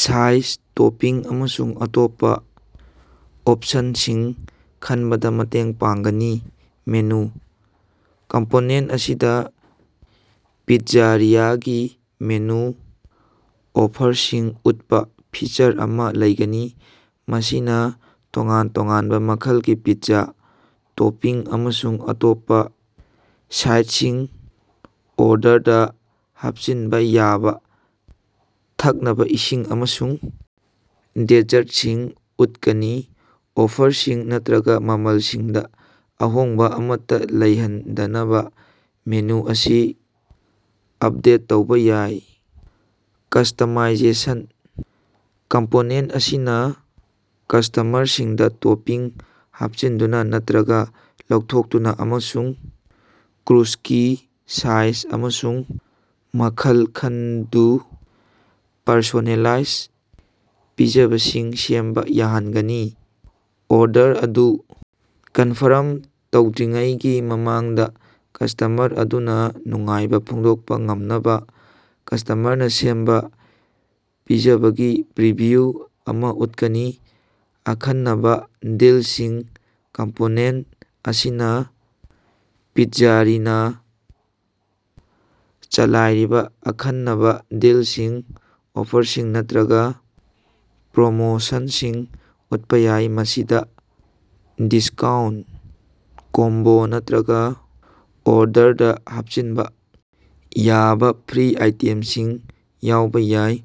Size, topping ꯑꯃꯁꯨꯡ ꯑꯇꯣꯞꯄ ꯑꯣꯞꯁꯟꯁꯤꯡ ꯈꯟꯕꯗ ꯃꯇꯦꯡ ꯄꯥꯡꯒꯅꯤ꯫ ꯃꯦꯅꯨ: ꯀꯝꯄꯣꯅꯦꯟꯠ ꯑꯁꯤꯗ ꯄꯤꯖ꯭ꯖꯥꯔꯤꯌꯥꯒꯤ ꯃꯦꯅꯨ ꯑꯣꯐꯔꯁꯤꯡ ꯎꯠꯄ ꯐꯤꯆꯔ ꯑꯃ ꯂꯩꯒꯅꯤ꯫ ꯃꯁꯤꯅ ꯇꯣꯉꯥꯟ ꯇꯣꯉꯥꯟꯕ ꯃꯈꯜꯒꯤ ꯄꯤꯖ꯭ꯖꯥ, ꯇꯣꯄꯤꯡ, ꯑꯃꯁꯨꯡ ꯑꯇꯣꯞꯄ ꯁꯥꯏꯗꯁꯤꯡ, ꯑꯣꯔꯗꯔꯗ ꯍꯥꯞꯆꯤꯟꯕ ꯌꯥꯕ ꯊꯛꯅꯕ ꯏꯁꯤꯡ ꯑꯃꯁꯨꯡ ꯗꯦꯖꯔꯠꯁꯤꯡ ꯎꯠꯀꯅꯤ꯫ ꯑꯣꯐꯔꯁꯤꯡ ꯅꯠꯇ꯭ꯔꯒ ꯃꯃꯜꯁꯤꯡꯗ ꯑꯍꯣꯡꯕ ꯑꯃꯠꯇ ꯂꯩꯍꯟꯗꯅꯕ ꯃꯦꯅꯨ ꯑꯁꯤ ꯑꯞꯗꯦꯠ ꯇꯧꯕ ꯌꯥꯏ꯫ ꯀꯁꯇꯃꯥꯏꯖꯦꯁꯟ: ꯀꯝꯄꯣꯅꯦꯟꯠ ꯑꯁꯤꯅ ꯀꯁꯇꯃꯔꯁꯤꯡꯗ ꯇꯣꯄꯤꯡ ꯍꯥꯞꯆꯤꯟꯗꯨꯅ ꯅꯠꯇ꯭ꯔꯒ ꯂꯧꯊꯣꯛꯇꯨꯅ ꯑꯃꯁꯨꯡ ꯀ꯭ꯔꯨꯁꯀꯤ ꯁꯥꯏꯖ ꯑꯃꯁꯨꯡ ꯃꯈꯜ ꯈꯟꯗꯨ ꯄꯔꯁꯣꯅꯦꯂꯥꯏꯖ ꯄꯤꯖꯕꯁꯤꯡ ꯁꯦꯝꯕ ꯌꯥꯍꯟꯒꯅꯤ꯫ ꯑꯣꯔꯗꯔ ꯑꯗꯨ ꯀꯟꯐꯥꯔꯝ ꯇꯧꯗ꯭ꯔꯤꯉꯩꯒꯤ ꯃꯃꯥꯡꯗ ꯀꯁꯇꯃꯔ ꯑꯗꯨꯅ ꯅꯨꯡꯉꯥꯏꯕ ꯐꯣꯡꯗꯣꯛꯄ ꯉꯝꯅꯕ ꯀꯁꯇꯃꯔꯅ ꯁꯦꯝꯕ ꯄꯤꯖꯕꯒꯤ ꯄ꯭ꯔꯤꯚꯤꯎ ꯑꯃ ꯎꯠꯀꯅꯤ꯫ ꯑꯈꯟꯅꯕ ꯗꯤꯜꯁꯤꯡ: ꯀꯝꯄꯣꯅꯦꯟꯠ ꯑꯁꯤꯅ ꯄꯤꯖ꯭ꯖꯥꯔꯤꯅꯥ ꯆꯂꯥꯏꯔꯤꯕ ꯑꯈꯟꯅꯕ ꯗꯤꯜꯁꯤꯡ, ꯑꯣꯐꯔꯁꯤꯡ ꯅꯠꯇ꯭ꯔꯒ ꯄ꯭ꯔꯣꯃꯣꯁꯟꯁꯤꯡ ꯎꯠꯄ ꯌꯥꯏ꯫ ꯃꯁꯤꯗ ꯗꯤꯁꯀꯥꯎꯟꯠ, ꯀꯣꯝꯕꯣ ꯅꯠꯇ꯭ꯔꯒ ꯑꯣꯔꯗꯔꯗ ꯍꯥꯞꯆꯤꯟꯕ ꯌꯥꯕ ꯐ꯭ꯔꯤ ꯑꯥꯏꯇꯦꯝꯁꯤꯡ ꯌꯥꯎꯕ ꯌꯥꯏ꯫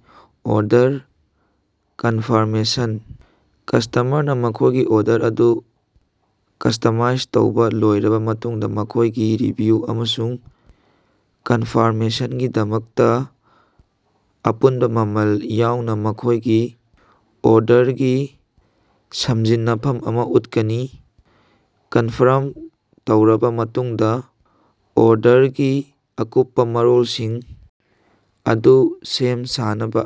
ꯑꯣꯔꯗꯔ ꯀꯟꯐꯥꯔꯃꯦꯁꯟ: ꯀꯁꯇꯃꯔꯅ ꯃꯈꯣꯏꯒꯤ ꯑꯣꯔꯗꯔ ꯑꯗꯨ ꯀꯁꯇꯃꯥꯏꯁ ꯇꯧꯕ ꯂꯣꯏꯔꯕ ꯃꯇꯨꯡꯗ, ꯃꯈꯣꯏꯒꯤ ꯔꯤꯚꯤꯌꯨ ꯑꯃꯁꯨꯡ ꯀꯟꯐꯥꯔꯃꯦꯁꯟꯒꯤꯗꯃꯛꯇ ꯑꯄꯨꯟꯕ ꯃꯃꯜ ꯌꯥꯎꯅ ꯃꯈꯣꯏꯒꯤ ꯑꯣꯔꯗꯔꯒꯤ ꯁꯝꯖꯤꯟꯅꯐꯝ ꯑꯃ ꯎꯠꯀꯅꯤ꯫ ꯀꯟꯐꯥꯔꯝ ꯇꯧꯔꯕ ꯃꯇꯨꯡꯗ ꯑꯣꯔꯗꯔꯒꯤ ꯑꯀꯨꯞꯄ ꯃꯔꯣꯜꯁꯤꯡ ꯑꯗꯨ ꯁꯦꯝ ꯁꯥꯅꯕ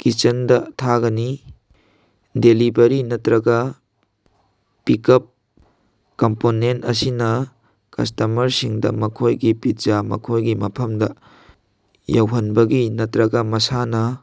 ꯀꯤꯆꯟꯗ ꯊꯥꯒꯅꯤ꯫ ꯗꯦꯂꯤꯚ꯭ꯔꯤ ꯅꯠꯇ꯭ꯔꯒ ꯄꯤꯛꯑꯞ: ꯀꯝꯄꯣꯅꯦꯟꯠ ꯑꯁꯤꯅ ꯀꯁꯇꯃꯔꯁꯤꯡꯗ ꯃꯈꯣꯏꯒꯤ ꯄꯤꯖ꯭ꯖꯥ ꯃꯈꯣꯏꯒꯤ ꯃꯐꯝꯗ ꯌꯧꯍꯟꯕꯒꯤ ꯅꯠꯇ꯭ꯔꯒ ꯃꯁꯥꯅ